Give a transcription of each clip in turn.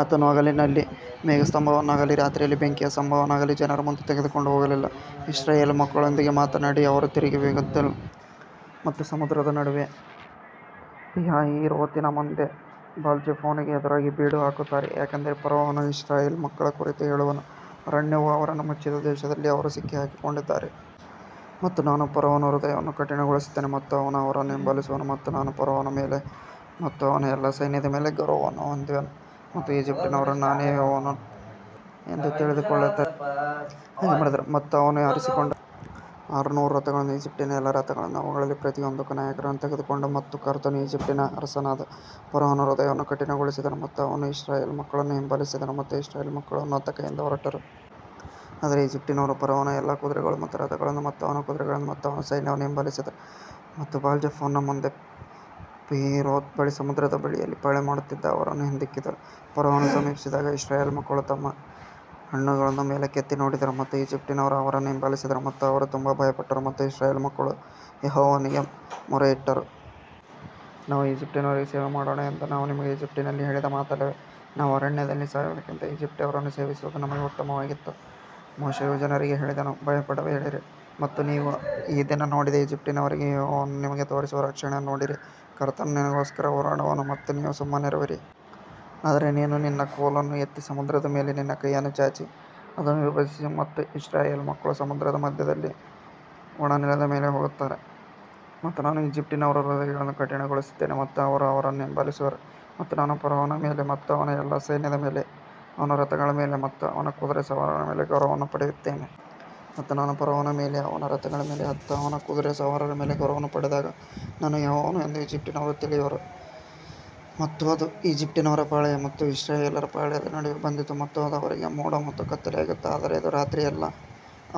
ಆತನು ಹಗಲಿನಲ್ಲಿ ಮೇಘಸ್ತಂಭವನ್ನಾಗಲಿ ರಾತ್ರಿಯಲ್ಲಿ ಬೆಂಕಿಯ ಸ್ತಂಭವನ್ನಾಗಲಿ ಜನರ ಮುಂದೆ ತೆಗೆದುಕೊಂಡು ಹೋಗಲಿಲ್ಲ. ಇಸ್ರಾಯೇಲ್ ಮಕ್ಕಳೊಂದಿಗೆ ಮಾತನಾಡಿ ಅವರು ತಿರುಗಿ ಮಿಗ್ದೋಲ್ ಮತ್ತು ಸಮುದ್ರದ ನಡುವೆ ಪಿಹಹೀರೋತಿನ ಮುಂದೆ ಬಾಲ್ಜೆಫೋನಿಗೆ ಎದುರಾಗಿ ಬೀಡು ಹಾಕುತ್ತಾರೆ. ಯಾಕಂದರೆ ಫರೋಹನು ಇಸ್ರಾಯೇಲ್ ಮಕ್ಕಳ ಕುರಿತು ಹೇಳುವನು ಅರಣ್ಯವು ಅವರನ್ನು ಮುಚ್ಚಿದ ದೇಶದಲ್ಲಿ ಅವರು ಸಿಕ್ಕಿಹಾಕಿಕೊಂಡಿದ್ದಾರೆ. ಮತ್ತು ನಾನು ಫರೋಹನ ಹೃದಯವನ್ನು ಕಠಿಣಗೊಳಿಸುತ್ತೇನೆ ಮತ್ತು ಅವನು ಅವರನ್ನು ಹಿಂಬಾಲಿಸುವನು ಮತ್ತು ನಾನು ಫರೋಹನ ಮೇಲೆ ಮತ್ತು ಅವನ ಎಲ್ಲಾ ಸೈನ್ಯದ ಮೇಲೆ ಗೌರವವನ್ನು ಹೊಂದುವೆನು ಮತ್ತು ಈಜಿಪ್ಟಿನವರು ನಾನೇ ಯೆಹೋವನು ಎಂದು ತಿಳಿದುಕೊಳ್ಳುತ್ತಾರೆ ಮತ್ತು ಅವರು ಹಾಗೆ ಮಾಡಿದರು. ಮತ್ತು ಅವನು ಆರಿಸಿಕೊಂಡ ಆರುನೂರು ರಥಗಳನ್ನೂ ಈಜಿಪ್ಟಿನ ಎಲ್ಲಾ ರಥಗಳನ್ನೂ ಅವುಗಳಲ್ಲಿ ಪ್ರತಿಯೊಂದಕ್ಕೂ ನಾಯಕರನ್ನು ತೆಗೆದುಕೊಂಡನು ಮತ್ತು ಕರ್ತನು ಈಜಿಪ್ಟಿನ ಅರಸನಾದ ಫರೋಹನ ಹೃದಯವನ್ನು ಕಠಿಣಗೊಳಿಸಿದನು ಮತ್ತು ಅವನು ಇಸ್ರಾಯೇಲ್ ಮಕ್ಕಳನ್ನು ಹಿಂಬಾಲಿಸಿದನು ಮತ್ತು ಇಸ್ರಾಯೇಲ್ ಮಕ್ಕಳು ಉನ್ನತ ಕೈಯಿಂದ ಹೊರಟರು. ಆದರೆ ಈಜಿಪ್ಟಿನವರು ಫರೋಹನ ಎಲ್ಲಾ ಕುದುರೆಗಳು ಮತ್ತು ರಥಗಳನ್ನು ಮತ್ತು ಅವನ ಕುದುರೆಗಳನ್ನು ಮತ್ತು ಅವನ ಸೈನ್ಯವನ್ನು ಹಿಂಬಾಲಿಸಿದರು ಮತ್ತು ಬಾಲ್ಜೆಫೋನನ ಮುಂದೆ ಪೀಹಹೀರೋತ್ ಬಳಿ ಸಮುದ್ರದ ಬಳಿಯಲ್ಲಿ ಪಾಳೆಯಮಾಡುತ್ತಿದ್ದ ಅವರನ್ನು ಹಿಂದಿಕ್ಕಿದರು. ಫರೋಹನು ಸಮೀಪಿಸಿದಾಗ ಇಸ್ರಾಯೇಲ್ ಮಕ್ಕಳು ತಮ್ಮ ಕಣ್ಣುಗಳನ್ನು ಮೇಲಕ್ಕೆತ್ತಿ ನೋಡಿದರು ಮತ್ತು ಈಜಿಪ್ಟಿನವರು ಅವರನ್ನು ಹಿಂಬಾಲಿಸಿದರು ಮತ್ತು ಅವರು ತುಂಬಾ ಭಯಪಟ್ಟರು ಮತ್ತು ಇಸ್ರಾಯೇಲ್ ಮಕ್ಕಳು ಯೆಹೋವನಿಗೆ ಮೊರೆಯಿಟ್ಟರು. ನಾವು ಈಜಿಪ್ಟಿನವರಿಗೆ ಸೇವೆ ಮಾಡೋಣ ಎಂದು ನಾವು ನಿಮಗೆ ಈಜಿಪ್ಟಿನಲ್ಲಿ ಹೇಳಿದ ಮಾತಲ್ಲವೇ. ನಾವು ಅರಣ್ಯದಲ್ಲಿ ಸಾಯುವುದಕ್ಕಿಂತ ಈಜಿಪ್ಟಿನವರನ್ನು ಸೇವಿಸುವುದು ನಮಗೆ ಉತ್ತಮವಾಗಿತ್ತು. ಮೋಶೆಯು ಜನರಿಗೆ ಹೇಳಿದನು ಭಯಪಡಬೇಡಿರಿ ಮತ್ತು ನೀವು ಈ ದಿನ ನೋಡಿದ ಈಜಿಪ್ಟಿನವರಿಗೆ ಯೆಹೋವನು ನಿಮಗೆ ತೋರಿಸುವ ರಕ್ಷಣೆಯನ್ನು ನೋಡಿರಿ. ಕರ್ತನು ನಿನಗೋಸ್ಕರ ಹೋರಾಡುವನು ಮತ್ತು ನೀವು ಸುಮ್ಮನಿರುವಿರಿ. ಆದರೆ ನೀನು ನಿನ್ನ ಕೋಲನ್ನು ಎತ್ತಿ ಸಮುದ್ರದ ಮೇಲೆ ನಿನ್ನ ಕೈಯನ್ನು ಚಾಚಿ ಅದನ್ನು ವಿಭಜಿಸು ಮತ್ತು ಇಸ್ರಾಯೇಲ್ ಮಕ್ಕಳು ಸಮುದ್ರದ ಮಧ್ಯದಲ್ಲಿ ಒಣ ನೆಲದ ಮೇಲೆ ಹೋಗುತ್ತಾರೆ. ಮತ್ತು ನಾನು ಈಜಿಪ್ಟಿನವರ ಹೃದಯಗಳನ್ನು ಕಠಿಣಗೊಳಿಸುತ್ತೇನೆ ಮತ್ತು ಅವರು ಅವರನ್ನು ಹಿಂಬಾಲಿಸುವರು ಮತ್ತು ನಾನು ಫರೋಹನ ಮೇಲೆ ಮತ್ತು ಅವನ ಎಲ್ಲಾ ಸೈನ್ಯದ ಮೇಲೆ ಅವನ ರಥಗಳ ಮೇಲೆ ಮತ್ತು ಅವನ ಕುದುರೆ ಸವಾರರ ಮೇಲೆ ಗೌರವವನ್ನು ಪಡೆಯುತ್ತೇನೆ. ಮತ್ತು ನಾನು ಫರೋಹನ ಮೇಲೆ ಅವನ ರಥಗಳ ಮೇಲೆ ಮತ್ತು ಅವನ ಕುದುರೆ ಸವಾರರ ಮೇಲೆ ಗೌರವವನ್ನು ಪಡೆದಾಗ ನಾನು ಯೆಹೋವನು ಎಂದು ಈಜಿಪ್ಟಿನವರು ತಿಳಿಯುವರು. ಮತ್ತು ಅದು ಈಜಿಪ್ಟಿನವರ ಪಾಳೆಯ ಮತ್ತು ಇಸ್ರಾಯೇಲ್ಯರ ಪಾಳೆಯದ ನಡುವೆ ಬಂದಿತು ಮತ್ತು ಅದು ಅವರಿಗೆ ಮೋಡ ಮತ್ತು ಕತ್ತಲೆಯಾಗಿತ್ತು ಆದರೆ ಇದು ರಾತ್ರಿಯಲ್ಲಿ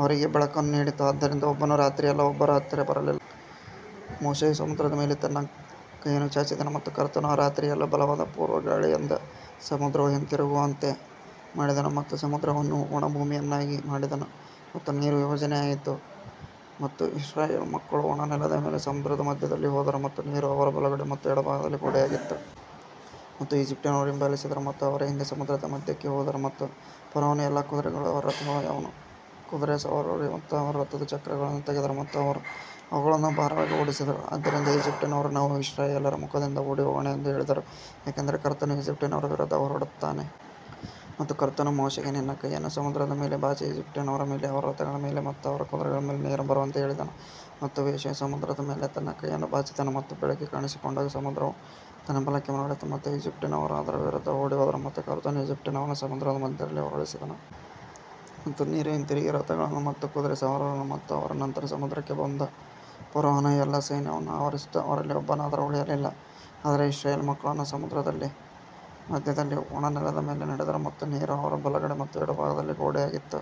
ಅವರಿಗೆ ಬೆಳಕನ್ನು ನೀಡಿತು ಆದ್ದರಿಂದ ಒಬ್ಬನು ರಾತ್ರಿಯೆಲ್ಲಾ ಒಬ್ಬರ ಹತ್ತಿರ ಬರಲಿಲ್ಲ. ಮೋಶೆಯು ಸಮುದ್ರದ ಮೇಲೆ ತನ್ನ ಕೈಯನ್ನು ಚಾಚಿದನು ಮತ್ತು ಕರ್ತನು ಆ ರಾತ್ರಿಯೆಲ್ಲಾ ಬಲವಾದ ಪೂರ್ವ ಗಾಳಿಯಿಂದ ಸಮುದ್ರವು ಹಿಂತಿರುಗುವಂತೆ ಮಾಡಿದನು ಮತ್ತು ಸಮುದ್ರವನ್ನು ಒಣ ಭೂಮಿಯನ್ನಾಗಿ ಮಾಡಿದನು ಮತ್ತು ನೀರು ವಿಭಜನೆಯಾಯಿತು. ಮತ್ತು ಇಸ್ರಾಯೇಲ್ ಮಕ್ಕಳು ಒಣ ನೆಲದ ಮೇಲೆ ಸಮುದ್ರದ ಮಧ್ಯದಲ್ಲಿ ಹೋದರು ಮತ್ತು ನೀರು ಅವರ ಬಲಗಡೆ ಮತ್ತು ಎಡಭಾಗದಲ್ಲಿ ಗೋಡೆಯಾಗಿತ್ತು. ಮತ್ತು ಈಜಿಪ್ಟಿನವರು ಹಿಂಬಾಲಿಸಿದರು ಮತ್ತು ಅವರ ಹಿಂದೆ ಸಮುದ್ರದ ಮಧ್ಯಕ್ಕೆ ಹೋದರು ಮತ್ತು ಫರೋಹನ ಎಲ್ಲಾ ಕುದುರೆಗಳು ಅವನ ರಥಗಳು ಮತ್ತು ಅವನ ಕುದುರೆ ಸವಾರರು ಮತ್ತು ಅವರ ರಥದ ಚಕ್ರಗಳನ್ನು ತೆಗೆದರು ಮತ್ತು ಅವರು ಅವುಗಳನ್ನು ಭಾರವಾಗಿ ಓಡಿಸಿದರು. ಆದ್ದರಿಂದ ಈಜಿಪ್ಟಿನವರು ನಾವು ಇಸ್ರಾಯೇಲ್ಯರ ಮುಖದಿಂದ ಓಡಿಹೋಗೋಣ ಎಂದು ಹೇಳಿದರು ಏಕೆಂದರೆ ಕರ್ತನು ಈಜಿಪ್ಟಿನವರ ವಿರುದ್ಧ ಹೋರಾಡುತ್ತಾನೆ. ಮತ್ತು ಕರ್ತನು ಮೋಶೆಗೆ ನಿನ್ನ ಕೈಯನ್ನು ಸಮುದ್ರದ ಮೇಲೆ ಚಾಚಿ ಈಜಿಪ್ಟಿನವರ ಮೇಲೆ ಅವರ ರಥಗಳ ಮೇಲೆ ಮತ್ತು ಅವರ ಕುದುರೆಗಳ ಮೇಲೆ ನೀರು ಬರುವಂತೆ ಹೇಳಿದನು. ಮತ್ತು ಮೋಶೆಯು ಸಮುದ್ರದ ಮೇಲೆ ತನ್ನ ಕೈಯನ್ನು ಚಾಚಿದನು ಮತ್ತು ಬೆಳಿಗ್ಗೆ ಕಾಣಿಸಿಕೊಂಡಾಗ ಸಮುದ್ರವು ತನ್ನ ಬಲಕ್ಕೆ ಮರಳಿತು ಮತ್ತು ಈಜಿಪ್ಟಿನವರು ಅದರ ವಿರುದ್ಧ ಓಡಿಹೋದರು ಮತ್ತು ಕರ್ತನು ಈಜಿಪ್ಟಿನವರನ್ನು ಸಮುದ್ರದ ಮಧ್ಯದಲ್ಲಿ ಉರುಳಿಸಿದನು. ಮತ್ತು ನೀರು ಹಿಂತಿರುಗಿ ರಥಗಳನ್ನು ಮತ್ತು ಕುದುರೆ ಸವಾರರನ್ನು ಮತ್ತು ಅವರ ನಂತರ ಸಮುದ್ರಕ್ಕೆ ಬಂದ ಫರೋಹನ ಎಲ್ಲಾ ಸೈನ್ಯವನ್ನು ಆವರಿಸಿತು ಅವರಲ್ಲಿ ಒಬ್ಬನಾದರೂ ಉಳಿಯಲಿಲ್ಲ. ಆದರೆ ಇಸ್ರಾಯೇಲ್ ಮಕ್ಕಳು ಸಮುದ್ರದ ಮಧ್ಯದಲ್ಲಿ ಒಣ ನೆಲದ ಮೇಲೆ ನಡೆದರು ಮತ್ತು ನೀರು ಅವರ ಬಲಗಡೆ ಮತ್ತು ಎಡಭಾಗದಲ್ಲಿ ಗೋಡೆಯಾಗಿತ್ತು.